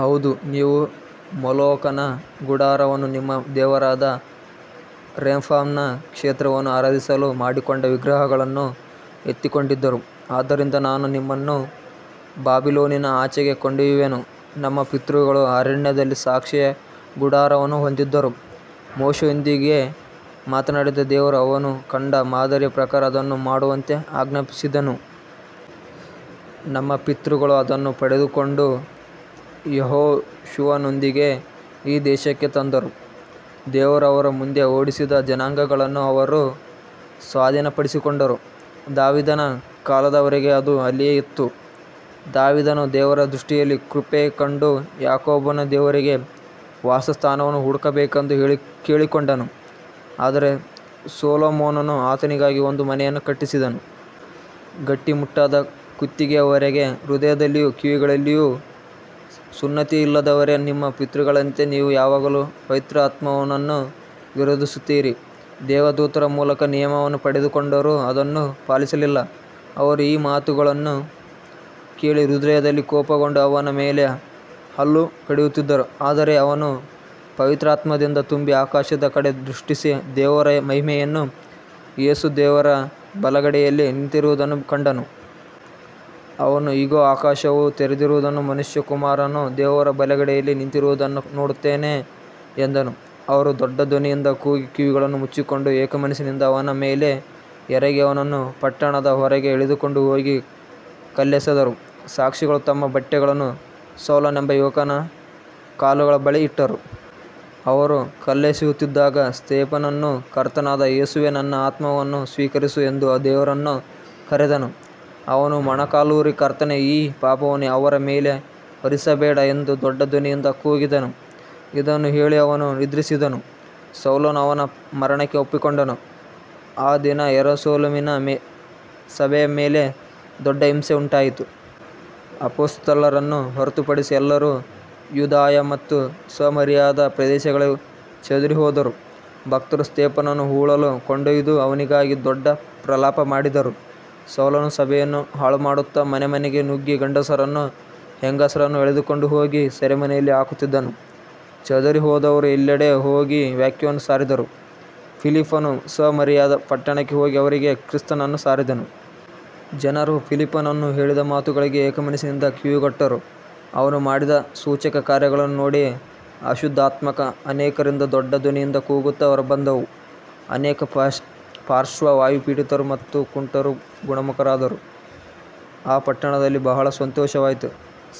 ಹೌದು, ನೀವು ಮೊಲೋಕನ ಗುಡಾರವನ್ನೂ ನಿಮ್ಮ ದೇವರಾದ ರೆಮ್ಫಾನನ ನಕ್ಷತ್ರವನ್ನೂ ಆರಾಧಿಸಲು ಮಾಡಿಕೊಂಡ ವಿಗ್ರಹಗಳನ್ನು ಎತ್ತಿಕೊಂಡಿದ್ದೀರಿ, ಆದ್ದರಿಂದ ನಾನು ನಿಮ್ಮನ್ನು ಬಾಬಿಲೋನಿನ ಆಚೆಗೆ ಕೊಂಡೊಯ್ಯುವೆನು. ನಮ್ಮ ಪಿತೃಗಳು ಅರಣ್ಯದಲ್ಲಿ ಸಾಕ್ಷಿಯ ಗುಡಾರವನ್ನು ಹೊಂದಿದ್ದರು. ಮೋಶೆಯೊಂದಿಗೆ ಮಾತನಾಡಿದ ದೇವರು, ಅವನು ಕಂಡ ಮಾದರಿಯ ಪ್ರಕಾರ ಅದನ್ನು ಮಾಡುವಂತೆ ಆಜ್ಞಾಪಿಸಿದ್ದನು. ನಮ್ಮ ಪಿತೃಗಳು ಅದನ್ನು ಪಡೆದುಕೊಂಡು ಯೆಹೋಶುವನೊಂದಿಗೆ ಈ ದೇಶಕ್ಕೆ ತಂದರು. ದೇವರು ಅವರ ಮುಂದೆ ಓಡಿಸಿದ ಜನಾಂಗಗಳನ್ನು ಅವರು ಸ್ವಾಧೀನಪಡಿಸಿಕೊಂಡರು. ದಾವೀದನ ಕಾಲದವರೆಗೆ ಅದು ಅಲ್ಲಿಯೇ ಇತ್ತು. ದಾವೀದನು ದೇವರ ದೃಷ್ಟಿಯಲ್ಲಿ ಕೃಪೆ ಕಂಡು ಯಾಕೋಬನ ದೇವರಿಗೆ ವಾಸಸ್ಥಾನವನ್ನು ಹುಡುಕಬೇಕೆಂದು ಕೇಳಿಕೊಂಡನು. ಆದರೆ ಸೊಲೊಮೋನನು ಆತನಿಗಾಗಿ ಒಂದು ಮನೆಯನ್ನು ಕಟ್ಟಿಸಿದನು. ಗಟ್ಟಿಮುಟ್ಟಾದ ಕುತ್ತಿಗೆಯವರೇ, ಹೃದಯದಲ್ಲಿಯೂ ಕಿವಿಗಳಲ್ಲಿಯೂ ಸುನ್ನತಿಯಿಲ್ಲದವರೇ, ನಿಮ್ಮ ಪಿತೃಗಳಂತೆ ನೀವು ಯಾವಾಗಲೂ ಪವಿತ್ರಾತ್ಮನನ್ನು ವಿರೋಧಿಸುತ್ತೀರಿ. ದೇವದೂತರ ಮೂಲಕ ನಿಯಮವನ್ನು ಪಡೆದುಕೊಂಡರೂ ಅದನ್ನು ಪಾಲಿಸಲಿಲ್ಲ. ಅವರು ಈ ಮಾತುಗಳನ್ನು ಕೇಳಿ ಹೃದಯದಲ್ಲಿ ಕೋಪಗೊಂಡು ಅವನ ಮೇಲೆ ಹಲ್ಲು ಕಡಿಯುತ್ತಿದ್ದರು. ಆದರೆ ಅವನು ಪವಿತ್ರಾತ್ಮದಿಂದ ತುಂಬಿ ಆಕಾಶದ ಕಡೆ ದೃಷ್ಟಿಸಿ, ದೇವರ ಮಹಿಮೆಯನ್ನೂ ಯೇಸು ದೇವರ ಬಲಗಡೆಯಲ್ಲಿ ನಿಂತಿರುವುದನ್ನೂ ಕಂಡನು. ಅವನು, ಇಗೋ, ಆಕಾಶವು ತೆರೆದಿರುವುದನ್ನೂ ಮನುಷ್ಯಕುಮಾರನು ದೇವರ ಬಲಗಡೆಯಲ್ಲಿ ನಿಂತಿರುವುದನ್ನೂ ನೋಡುತ್ತೇನೆ ಎಂದನು. ಅವರು ದೊಡ್ಡ ಧ್ವನಿಯಿಂದ ಕೂಗಿ ಕಿವಿಗಳನ್ನು ಮುಚ್ಚಿಕೊಂಡು ಏಕಮನಸ್ಸಿನಿಂದ ಅವನ ಮೇಲೆ ಎರಗಿ, ಅವನನ್ನು ಪಟ್ಟಣದ ಹೊರಗೆ ಎಳೆದುಕೊಂಡು ಹೋಗಿ ಕಲ್ಲೆಸೆದರು. ಸಾಕ್ಷಿಗಳು ತಮ್ಮ ಬಟ್ಟೆಗಳನ್ನು ಸೌಲನೆಂಬ ಯುವಕನ ಕಾಲುಗಳ ಬಳಿ ಇಟ್ಟರು. ಅವರು ಕಲ್ಲೆಸೆಯುತ್ತಿದ್ದಾಗ ಸ್ತೇಫನನು, ಕರ್ತನಾದ ಯೇಸುವೇ, ನನ್ನ ಆತ್ಮವನ್ನು ಸ್ವೀಕರಿಸು ಎಂದು ದೇವರನ್ನು ಕರೆದನು. ಅವನು ಮೊಣಕಾಲೂರಿ, ಕರ್ತನೇ, ಈ ಪಾಪವನ್ನು ಅವರ ಮೇಲೆ ಹೊರಿಸಬೇಡ ಎಂದು ದೊಡ್ಡ ಧ್ವನಿಯಿಂದ ಕೂಗಿದನು. ಇದನ್ನು ಹೇಳಿ ಅವನು ನಿದ್ರಿಸಿದನು. ಸೌಲನು ಅವನ ಮರಣಕ್ಕೆ ಒಪ್ಪಿಕೊಂಡನು. ಆ ದಿನ ಯೆರೂಸಲೇಮಿನ ಸಭೆಯ ಮೇಲೆ ದೊಡ್ಡ ಹಿಂಸೆ ಉಂಟಾಯಿತು. ಅಪೊಸ್ತಲರನ್ನು ಹೊರತುಪಡಿಸಿ ಎಲ್ಲರೂ ಯೂದಾಯ ಮತ್ತು ಸಮಾರ್ಯದ ಪ್ರದೇಶಗಳಲ್ಲಿ ಚದುರಿಹೋದರು. ಭಕ್ತರು ಸ್ತೇಫನನನ್ನು ಹೂಳಲು ಕೊಂಡೊಯ್ದು ಅವನಿಗಾಗಿ ದೊಡ್ಡ ಪ್ರಲಾಪ ಮಾಡಿದರು. ಸೌಲನು ಸಭೆಯನ್ನು ಹಾಳುಮಾಡುತ್ತಾ ಮನೆಮನೆಗೆ ನುಗ್ಗಿ ಗಂಡಸರನ್ನೂ ಹೆಂಗಸರನ್ನೂ ಎಳೆದುಕೊಂಡು ಹೋಗಿ ಸೆರೆಮನೆಯಲ್ಲಿ ಹಾಕುತ್ತಿದ್ದನು. ಚದುರಿಹೋದವರು ಎಲ್ಲೆಡೆ ಹೋಗಿ ವಾಕ್ಯವನ್ನು ಸಾರಿದರು. ಫಿಲಿಪ್ಪನು ಸಮಾರ್ಯದ ಪಟ್ಟಣಕ್ಕೆ ಹೋಗಿ ಅವರಿಗೆ ಕ್ರಿಸ್ತನನ್ನು ಸಾರಿದನು. ಜನರು ಫಿಲಿಪ್ಪನು ಹೇಳಿದ ಮಾತುಗಳಿಗೆ ಏಕಮನಸ್ಸಿನಿಂದ ಕಿವಿಗೊಟ್ಟರು. ಅವನು ಮಾಡಿದ ಸೂಚಕಕಾರ್ಯಗಳನ್ನು ನೋಡಿ, ಅಶುದ್ಧಾತ್ಮಗಳು ಅನೇಕರಿಂದ ದೊಡ್ಡ ಧ್ವನಿಯಿಂದ ಕೂಗುತ್ತಾ ಹೊರಬಂದವು, ಅನೇಕ ಪಾರ್ಶ್ವವಾಯುಪೀಡಿತರು ಮತ್ತು ಕುಂಟರು ಗುಣಮುಖರಾದರು. ಆ ಪಟ್ಟಣದಲ್ಲಿ ಬಹಳ ಸಂತೋಷವಾಯಿತು.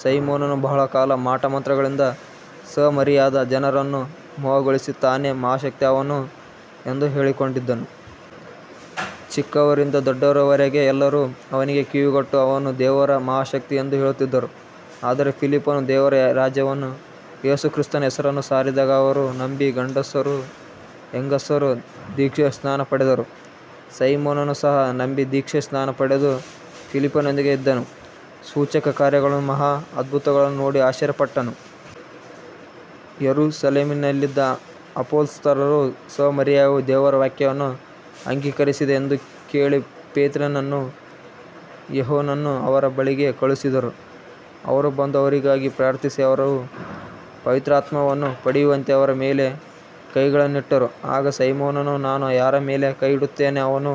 ಸೈಮೋನನು ಬಹಳ ಕಾಲ ಮಾಟಮಂತ್ರಗಳಿಂದ ಸಮಾರ್ಯದ ಜನರನ್ನು ಮೋಹಗೊಳಿಸಿ, ತಾನೇ ಮಹಾಶಕ್ತಿಯವನು ಎಂದು ಹೇಳಿಕೊಂಡಿದ್ದನು. ಚಿಕ್ಕವರಿಂದ ದೊಡ್ಡವರವರೆಗೆ ಎಲ್ಲರೂ ಅವನಿಗೆ ಕಿವಿಗೊಟ್ಟು, ಇವನು ದೇವರ ಮಹಾಶಕ್ತಿ ಎಂದು ಹೇಳುತ್ತಿದ್ದರು. ಆದರೆ ಫಿಲಿಪ್ಪನು ದೇವರ ರಾಜ್ಯವನ್ನೂ ಯೇಸುಕ್ರಿಸ್ತನ ಹೆಸರನ್ನೂ ಸಾರಿದಾಗ ಅವರು ನಂಬಿ ಗಂಡಸರೂ ಹೆಂಗಸರೂ ದೀಕ್ಷಾಸ್ನಾನ ಪಡೆದರು. ಸೈಮೋನನು ಸಹ ನಂಬಿ ದೀಕ್ಷಾಸ್ನಾನ ಪಡೆದು ಫಿಲಿಪ್ಪನೊಂದಿಗೆ ಇದ್ದನು. ಸೂಚಕಕಾರ್ಯಗಳನ್ನೂ ಮಹಾ ಅದ್ಭುತಗಳನ್ನೂ ನೋಡಿ ಆಶ್ಚರ್ಯಪಟ್ಟನು. ಯೆರೂಸಲೇಮಿನಲ್ಲಿದ್ದ ಅಪೊಸ್ತಲರು ಸಮಾರ್ಯವು ದೇವರ ವಾಕ್ಯವನ್ನು ಅಂಗೀಕರಿಸಿದೆ ಎಂದು ಕೇಳಿ ಪೇತ್ರನನ್ನೂ ಯೋಹಾನನನ್ನೂ ಅವರ ಬಳಿಗೆ ಕಳುಹಿಸಿದರು. ಅವರು ಬಂದು ಅವರಿಗಾಗಿ ಪ್ರಾರ್ಥಿಸಿ, ಅವರು ಪವಿತ್ರಾತ್ಮವನ್ನು ಪಡೆಯುವಂತೆ ಅವರ ಮೇಲೆ ಕೈಗಳನ್ನಿಟ್ಟರು. ಆಗ ಸೈಮೋನನು, ನಾನು ಯಾರ ಮೇಲೆ ಕೈ ಇಡುತ್ತೇನೋ ಅವನು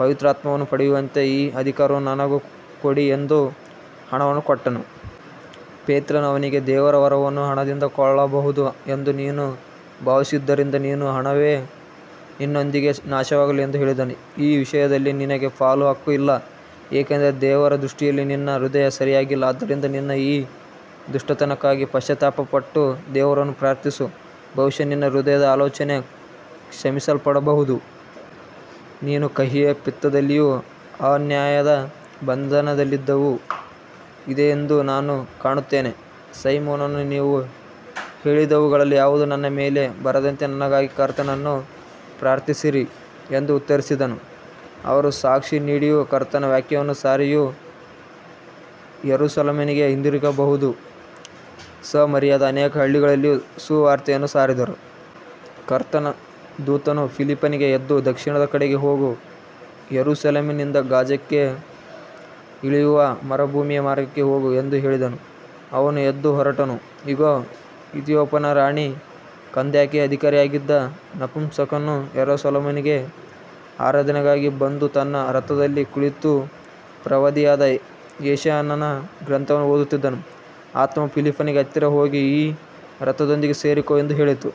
ಪವಿತ್ರಾತ್ಮವನ್ನು ಪಡೆಯುವಂತೆ ಈ ಅಧಿಕಾರವನ್ನು ನನಗೂ ಕೊಡಿ ಎಂದು ಹಣವನ್ನು ಕೊಟ್ಟನು. ಪೇತ್ರನು ಅವನಿಗೆ, ದೇವರ ವರವನ್ನು ಹಣದಿಂದ ಕೊಳ್ಳಬಹುದು ಎಂದು ನೀನು ಭಾವಿಸಿದ್ದರಿಂದ ನಿನ್ನ ಹಣವು ನಿನ್ನೊಂದಿಗೇ ನಾಶವಾಗಲಿ ಎಂದು ಹೇಳಿದನು. ಈ ವಿಷಯದಲ್ಲಿ ನಿನಗೆ ಪಾಲೂ ಹಕ್ಕೂ ಇಲ್ಲ, ಏಕೆಂದರೆ ದೇವರ ದೃಷ್ಟಿಯಲ್ಲಿ ನಿನ್ನ ಹೃದಯ ಸರಿಯಾಗಿಲ್ಲ. ಆದ್ದರಿಂದ ನಿನ್ನ ಈ ದುಷ್ಟತನಕ್ಕಾಗಿ ಪಶ್ಚಾತ್ತಾಪಪಟ್ಟು ದೇವರನ್ನು ಪ್ರಾರ್ಥಿಸು, ಬಹುಶಃ ನಿನ್ನ ಹೃದಯದ ಆಲೋಚನೆ ಕ್ಷಮಿಸಲ್ಪಡಬಹುದು. ನೀನು ಕಹಿಯ ಪಿತ್ತದಲ್ಲಿಯೂ ಅನ್ಯಾಯದ ಬಂಧನದಲ್ಲಿಯೂ ಇದ್ದೀಯೆಂದು ನಾನು ಕಾಣುತ್ತೇನೆ. ಸೈಮೋನನು, ನೀವು ಹೇಳಿದವುಗಳಲ್ಲಿ ಯಾವುದೂ ನನ್ನ ಮೇಲೆ ಬರದಂತೆ ನನಗಾಗಿ ಕರ್ತನನ್ನು ಪ್ರಾರ್ಥಿಸಿರಿ ಎಂದು ಉತ್ತರಿಸಿದನು. ಅವರು ಸಾಕ್ಷಿ ನೀಡಿಯೂ ಕರ್ತನ ವಾಕ್ಯವನ್ನು ಸಾರಿಯೂ ಯೆರೂಸಲೇಮಿಗೆ ಹಿಂದಿರುಗಿದರು. ಸಮಾರ್ಯದ ಅನೇಕ ಹಳ್ಳಿಗಳಲ್ಲಿಯೂ ಸುವಾರ್ತೆಯನ್ನು ಸಾರಿದರು. ಕರ್ತನ ದೂತನು ಫಿಲಿಪ್ಪನಿಗೆ, ಎದ್ದು ದಕ್ಷಿಣದ ಕಡೆಗೆ ಹೋಗು, ಯೆರೂಸಲೇಮಿನಿಂದ ಗಾಜಾಕ್ಕೆ ಇಳಿಯುವ ಮರುಭೂಮಿಯ ಮಾರ್ಗಕ್ಕೆ ಹೋಗು ಎಂದು ಹೇಳಿದನು. ಅವನು ಎದ್ದು ಹೊರಟನು. ಇಗೋ, ಇಥಿಯೋಪ್ಯದ ರಾಣಿ ಕಂದಾಕೆಯ ಅಧಿಕಾರಿಯಾಗಿದ್ದ ನಪುಂಸಕನು ಯೆರೂಸಲೇಮಿಗೆ ಆರಾಧನೆಗಾಗಿ ಬಂದು ತನ್ನ ರಥದಲ್ಲಿ ಕುಳಿತು ಪ್ರವಾದಿಯಾದ ಯೆಶಾಯನ ಗ್ರಂಥವನ್ನು ಓದುತ್ತಿದ್ದನು. ಆತ್ಮವು ಫಿಲಿಪ್ಪನಿಗೆ, ಹತ್ತಿರ ಹೋಗಿ ಈ ರಥದೊಂದಿಗೆ ಸೇರಿಕೋ ಎಂದು ಹೇಳಿತು.